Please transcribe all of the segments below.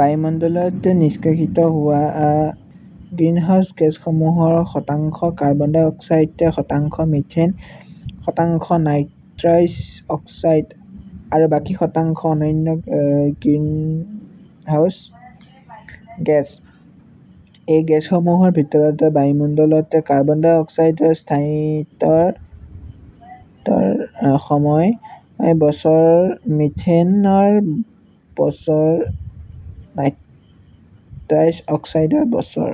বায়ুমণ্ডলত নিষ্কাশিত হোৱা গ্ৰিনহাউজ গেছসমূহৰ শতাংশ কাৰ্বন ডাই অক্সাইড, শতাংশ মিথেন, শতাংশ নাইট্ৰছ অক্সাইড আৰু বাকী শতাংশ অন্যান্য গ্ৰিনহাউজ গেছ। এই গেছসমূহৰ ভিতৰত বায়ুমণ্ডলত কাৰ্বন ডাই অক্সাইডৰ স্থায়িত্বৰ সময় বছৰ, মিথেনৰ বছৰ, নাইট্ৰাছ অক্সাইডৰ বছৰ।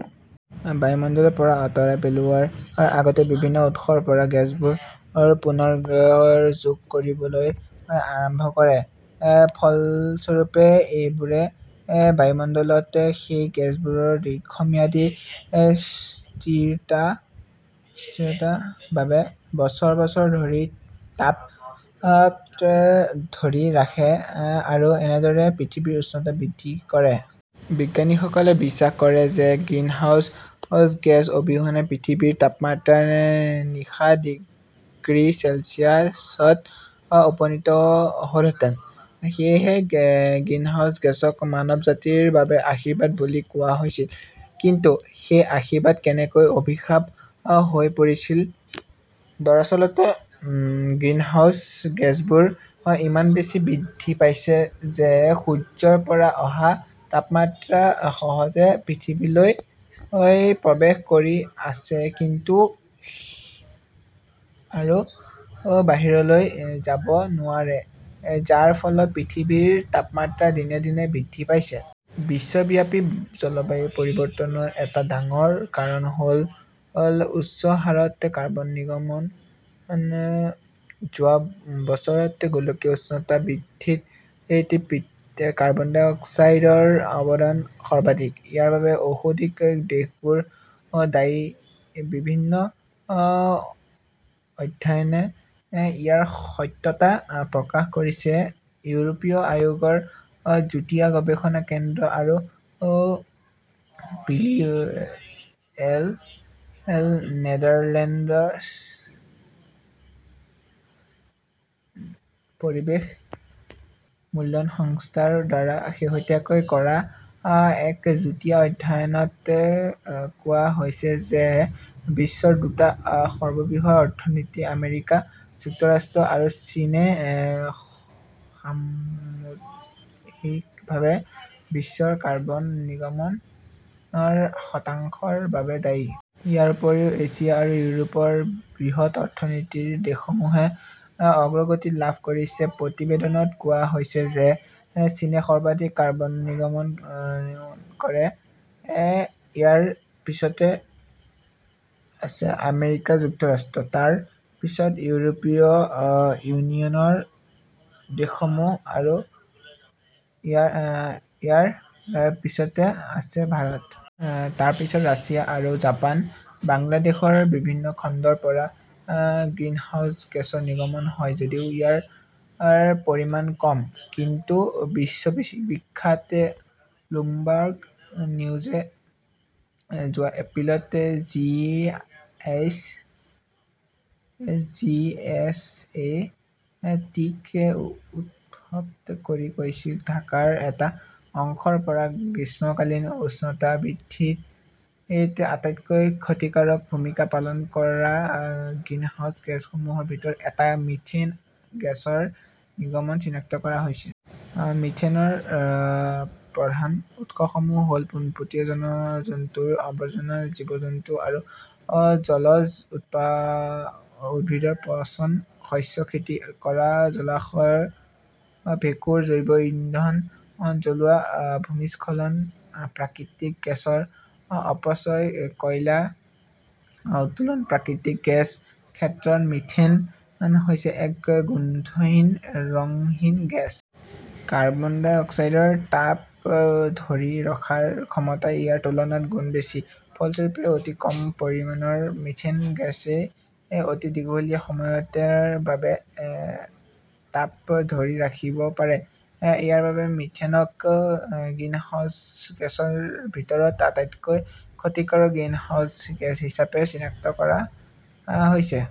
বায়ুমণ্ডলৰ পৰা আঁতৰাই পেলোৱাৰ আগতে বিভিন্ন উৎসৰ পৰা গেছবোৰ পুনৰ যোগ কৰিবলৈ আৰম্ভ কৰে। ফলস্বৰূপে, এইবোৰে বায়ুমণ্ডলত এই গেছবোৰৰ দীৰ্ঘম্যাদী স্থিৰতাৰ বাবে বছৰ বছৰ ধৰি তাপ ধৰি ৰাখে আৰু এনেদৰে পৃথিৱীৰ উষ্ণতা বৃদ্ধি কৰে। বিজ্ঞানীসকলে বিশ্বাস কৰে যে গ্ৰিনহাউজ গেছ অবিহনে পৃথিৱীৰ তাপমাত্ৰা নিশা- ডিগ্ৰী চেলছিয়াছত উপনীত হ 'লহেঁতেন। সেয়েহে গ্ৰিনহাউজ গেছক মানৱ জাতিৰ বাবে আশীৰ্বাদ বুলি কোৱা হৈছিল। কিন্তু এই আশীৰ্বাদ কেনেকৈ অভিশপ্ত হৈ পৰিছিল? দৰাচলতে, গ্ৰীণহাউছ গেছবোৰ ইমান বেছি বৃদ্ধি পাইছে যে সূৰ্যৰ পৰা অহা তাপমাত্ৰা সহজে পৃথিৱীলৈ প্ৰৱেশ কৰি আছে কিন্তু আৰু বাহিৰলৈ যাব নোৱাৰে; যাৰ ফলত পৃথিৱীৰ তাপমাত্ৰা দিনে দিনে বৃদ্ধি পাইছে। বিশ্বব্যাপী জলবায়ু পৰিৱৰ্তনৰ এটা ডাঙৰ কাৰণ হ'ল উচ্চ হাৰত কাৰ্বন নিৰ্গমন। যোৱা বছৰত গোলকীয় উষ্ণতা বৃদ্ধিত কাৰ্বন ডাই অক্সাইডৰ অৱদান সৰ্বাধিক। ইয়াৰ বাবে ঔদ্যোগিক দেশবোৰ দায়ী-বিভিন্ন অধ্যয়নে ইয়াৰ সত্যতা প্ৰকাশ কৰিছে। ইউৰোপীয় আয়োগৰ যুটীয়া গৱেষণা কেন্দ্ৰ আৰু পিবিএল নেদাৰলেণ্ডছ পৰিৱেশ মূল্যায়ন সংস্থাৰ দ্বাৰা শেহতীয়াকৈ কৰা এক যুটীয়া অধ্যয়নত কোৱা হৈছে যে বিশ্বৰ দুটা সৰ্ববৃহৎ অৰ্থনীতি আমেৰিকা যুক্তৰাষ্ট্ৰ আৰু চীনে সামূহিকভাৱে বিশ্বৰ কাৰ্বন নিৰ্গমনৰ শতাংশৰ বাবে দায়ী। ইয়াৰ উপৰিও এছিয়া আৰু ইউৰোপৰ বৃহৎ অৰ্থনীতিৰ দেশসমূহে অগ্ৰগতি লাভ কৰিছে। প্ৰতিবেদনত কোৱা হৈছে যে চীনে সৰ্বাধিক কাৰ্বন নিৰ্গমন কৰে। ইয়াৰ পিছতে আছে আমেৰিকা যুক্তৰাষ্ট্ৰ। তাৰ পিছত ইউৰোপীয় ইউনিয়নৰ দেশসমূহ। ইয়াৰ পিছতে আছে ভাৰত। তাৰ পিছত ৰাছিয়া আৰু জাপান। বাংলাদেশৰ বিভিন্ন খণ্ডৰ পৰা গ্ৰিনহাউজ গেছৰ নিৰ্গমন হয় যদিও ইয়াৰ পৰিমাণ কম। কিন্তু বিশ্ববিখ্যাত ব্লুমবাৰ্গ নিউজে যোৱা এপ্ৰিলত G. H. G. S. A. T. -ক উদ্ধৃত কৰি কৈছিল-ঢাকাৰ এটা অংশৰ পৰা গ্ৰীষ্মকালীন উষ্ণতা বৃদ্ধিত আটাইতকৈ ক্ষতিকাৰক ভূমিকা পালন কৰা গ্ৰিনহাউজ গেছসমূহৰ ভিতৰত এটা, মিথেন গেছৰ নিৰ্গমন চিনাক্ত কৰা হৈছে। মিথেনৰ প্ৰধান উৎসসমূহ হ'ল পোহনীয়া জন্তুৰ আৱৰ্জনা,. জীৱ-জন্তু আৰু জলজ উদ্ভিদৰ পচন, শস্য খেতি কৰা জলাশয়,. ভেঁকুৰ, জৈৱ ইন্ধন জ্বলোৱা, ভূমিস্খলন, প্ৰাকৃতিক গেছৰ অপচয়, কয়লা উত্তোলন, প্ৰাকৃতিক গেছ ক্ষেত্ৰ। মিথেন হৈছে এক গোন্ধহীন, ৰঙহীন গেছ। কাৰ্বন ডাই অক্সাইডৰ তাপ ধৰি ৰখাৰ ক্ষমতা ইয়াৰ তুলনাত গুণ বেছি। ফলস্বৰূপে, অতি কম পৰিমাণৰ মিথেন গেছই অতি দীঘলীয়া সময়ৰ বাবে তাপ ধৰি ৰাখিব পাৰে। ইয়াৰ বাবে মিথেনক গ্ৰীণহাউছ গেছৰ ভিতৰত আটাইতকৈ ক্ষতিকাৰক গ্ৰীণহাউছ গেছ হিচাপে চিহ্নিত কৰা হৈছে।